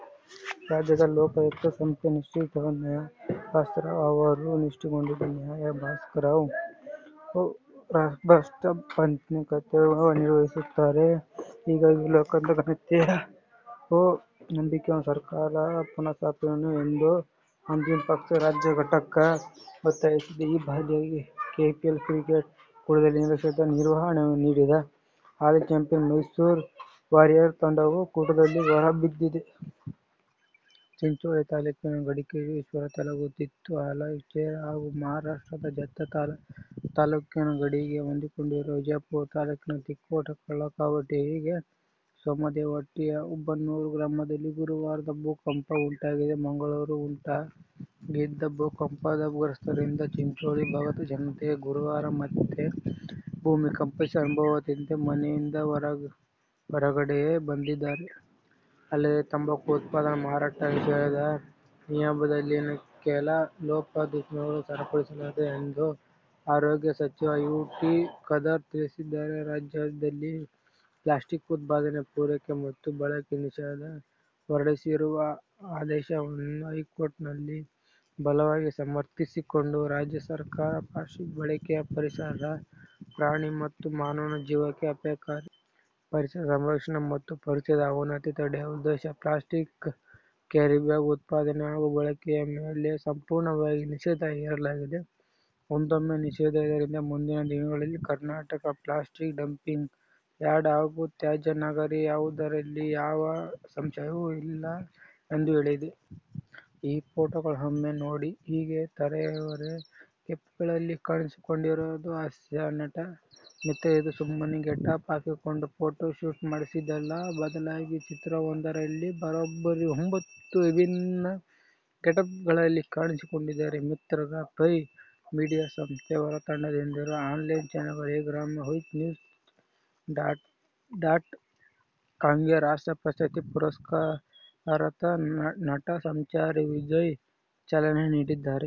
"ರಾಜ್ಯದ ಲೋಕಾಯುಕ್ತ ಸಂಸ್ಥೆ ನಿಷ್ಕ್ರಿಯಗೊಂಡಿದ್ದು, ನ್ಯಾ. ಭಾಸ್ಕರ್ರಾವ್ ಅವರು ರಬ್ಬರ್ಸ್ಟಾಂಪ್ನಂತೆ ಕರ್ತವ್ಯ ನಿರ್ವಹಿಸುತ್ತಿದ್ದಾರೆ. ಹೀಗಾಗಿ ಲೋಕಾಯುಕ್ತ ಘನತೆ ಹಾಗೂ ನಂಬಿಕೆಯನ್ನು ಸರ್ಕಾರ ಪುನರ್ಸ್ಥಾಪಿಸಬೇಕು' ಎಂದು ಆಮ್ ಆದ್ಮಿ ಪಕ್ಷದ ರಾಜ್ಯ ಘಟಕ ಒತ್ತಾಯಿಸಿದೆ. ಈ ಬಾರಿಯ ಕೆಪಿಎಲ್ ಕ್ರಿಕೆಟ್ ಕೂಟದಲ್ಲಿ ನಿರಾಶಾದಾಯಕ ನಿರ್ವಹಣೆ ನೀಡಿದ ಹಾಲಿ ಚಾಂಪಿಯನ್ ಮೈಸೂರು ವಾರಿಯರ್ ತಂಡವು ಕೂಟದಿಂದ ಹೊರಬಿದ್ದಿದೆ. ಚಿಂಚೋಳಿ ತಾಲೂಕಿನ ಗಡಿಕೇಶ್ವಾರ, ತೇಗಲತಿಪ್ಪಿ, ಹಲಚೇರಾ ಹಾಗೂ ಮಹಾರಾಷ್ಟ್ರದ ಜತ್ತ ತಾಲೂಕಿನ ಗಡಿಗೆ ಹೊಂದಿಕೊಂಡಿರುವ ವಿಜಯಪುರ ತಾಲೂಕಿನ ತಿಕೋಟ, ಕಳ್ಳಕವಟಗಿ, ಸೋಮದೇವರಹಟ್ಟಿ, ಹುಬನೂರ ಗ್ರಾಮಗಳಲ್ಲಿ ಗುರುವಾರವೂ ಭೂ ಕಂಪನ ಉಂಟಾಗಿದೆ. ಮಂಗಳವಾರ ಉಂಟಾಗಿದ್ದ ಭೂಕಂಪದಿಂದಭಯಗ್ರಸ್ಥರಾಗಿದ್ದ ಚಿಂಚೋಳಿ ಭಾಗದ ಜನತೆ ಗುರುವಾರ ಮತ್ತೆ ಭೂಮಿ ಕಂಪಿಸಿದ ಅನುಭವವಾಗುತ್ತಿದ್ದಂತೆ ಮನೆಯಿಂದ ಹೊರಗಡೆ ಬಂದಿದ್ದಾರೆ. ಅಲ್ಲದೇ, ತಂಬಾಕು ಉತ್ಪನ್ನ ಮಾರಾಟ ನಿಷೇಧ ನಿಯಮದಲ್ಲಿನ ಕೆಲ ಲೋಪ ದೋಷಗಳನ್ನೂ ಸರಿಪಡಿಸಲಾಗುವುದು ಎಂದು ಆರೋಗ್ಯ ಸಚಿವ ಯು. ಟಿ. ಖಾದರ್ ತಿಳಿಸಿದ್ದಾರೆ. ರಾಜ್ಯದಲ್ಲಿ ಪ್ಲಾಸ್ಟಿಕ್ ಉತ್ಪಾದನೆ, ಪೂರೈಕೆ ಮತ್ತು ಬಳಕೆ ನಿಷೇಧಿಸಿ ಹೊರಡಿಸಿರುವ ಆದೇಶವನ್ನು ಹೈಕೋರ್ಟ್ನಲ್ಲಿ ಬಲವಾಗಿ ಸಮರ್ಥಿಸಿಕೊಂಡಿರುವ ರಾಜ್ಯ ಸರ್ಕಾರ, ಪ್ಲಾಸ್ಟಿಕ್ ಬಳಕೆಯು ಪರಿಸರ, ಪ್ರಾಣಿ ಮತ್ತು ಮಾನವ ಜೀವಕ್ಕೆ ಅಪಾಯಕಾರಿ. ಪರಿಸರ ಸಂರಕ್ಷಣೆ ಮತ್ತು ಪರಿಸರದ ಅವನತಿ ತಡೆಯುವ ಉದ್ದೇಶದಿಂದ ಪ್ಲಾಸ್ಟಿಕ್ ಕ್ಯಾರಿಬ್ಯಾಗ್ ಉತ್ಪಾದನೆ ಹಾಗೂ ಬಳಕೆ ಮೇಲೆ ಸಂಪೂರ್ಣವಾಗಿ ನಿಷೇಧ ಹೇರಲಾಗಿದೆ. ಒಂದೊಮ್ಮೆ ನಿಷೇಧ ಹೇರದಿದ್ದರೆ ಮುಂದಿನ ದಿನಗಳಲ್ಲಿ "ಕರ್ನಾಟಕ ಪ್ಲಾಸ್ಟಿಕ್ ಡಂಪಿಂಗ್ ಯಾರ್ಡ್ ಹಾಗೂ ತ್ಯಾಜ್ಯ ನಗರಿ'ಯಾಗುವುದರಲ್ಲಿ ಯಾವ ಸಂಶಯವೂ ಇಲ್ಲ ಎಂದು ಹೇಳಿದೆ. ಈ ಫೋಟೋಗಳನ್ನೊಮ್ಮೆ ನೋಡಿ. ಹೀಗೆ ತರಹೇವಾರಿ ಗೆಟಪ್ಗ್ಳಲ್ಲಿ ಕಾಣಿಸಿಕೊಂಡಿರೋದು ಹಾಸ್ಯನಟ ಮಿತ್ರ. ಇದು ಸುಮ್ಮನೆ ಗೆಟಪ್ ಹಾಕಿಕೊಂಡು ಫೋಟೋ ಶೂಟ್ ಮಾಡಿಸಿದ್ದಲ್ಲ. ಬದಲಾಗಿ, ಚಿತ್ರವೊಂದರಲ್ಲಿ ಬರೋಬ್ಬರಿ ಒಂಭತ್ತು ವಿಭಿನ್ನ ಗೆಟಪ್ಗ್ಳಲ್ಲಿ ಕಾಣಿಸಿಕೊಂಡಿದ್ದಾರೆ ಮಿತ್ರ. ಗ್ರಾವಿಫೈ ಮೀಡಿಯಾ ಸಂಸ್ಥೆ ಹೊರತಂದಿರುವ online channel Gravify news dot ಕಾಂಗೆ ರಾಷ್ಟ್ರಪ್ರಶಸ್ತಿ ಪುರಸ್ಕೃತ ನಟ ಸಂಚಾರಿ ವಿಜಯ್ ಚಾಲನೆ ನೀಡಿದರು.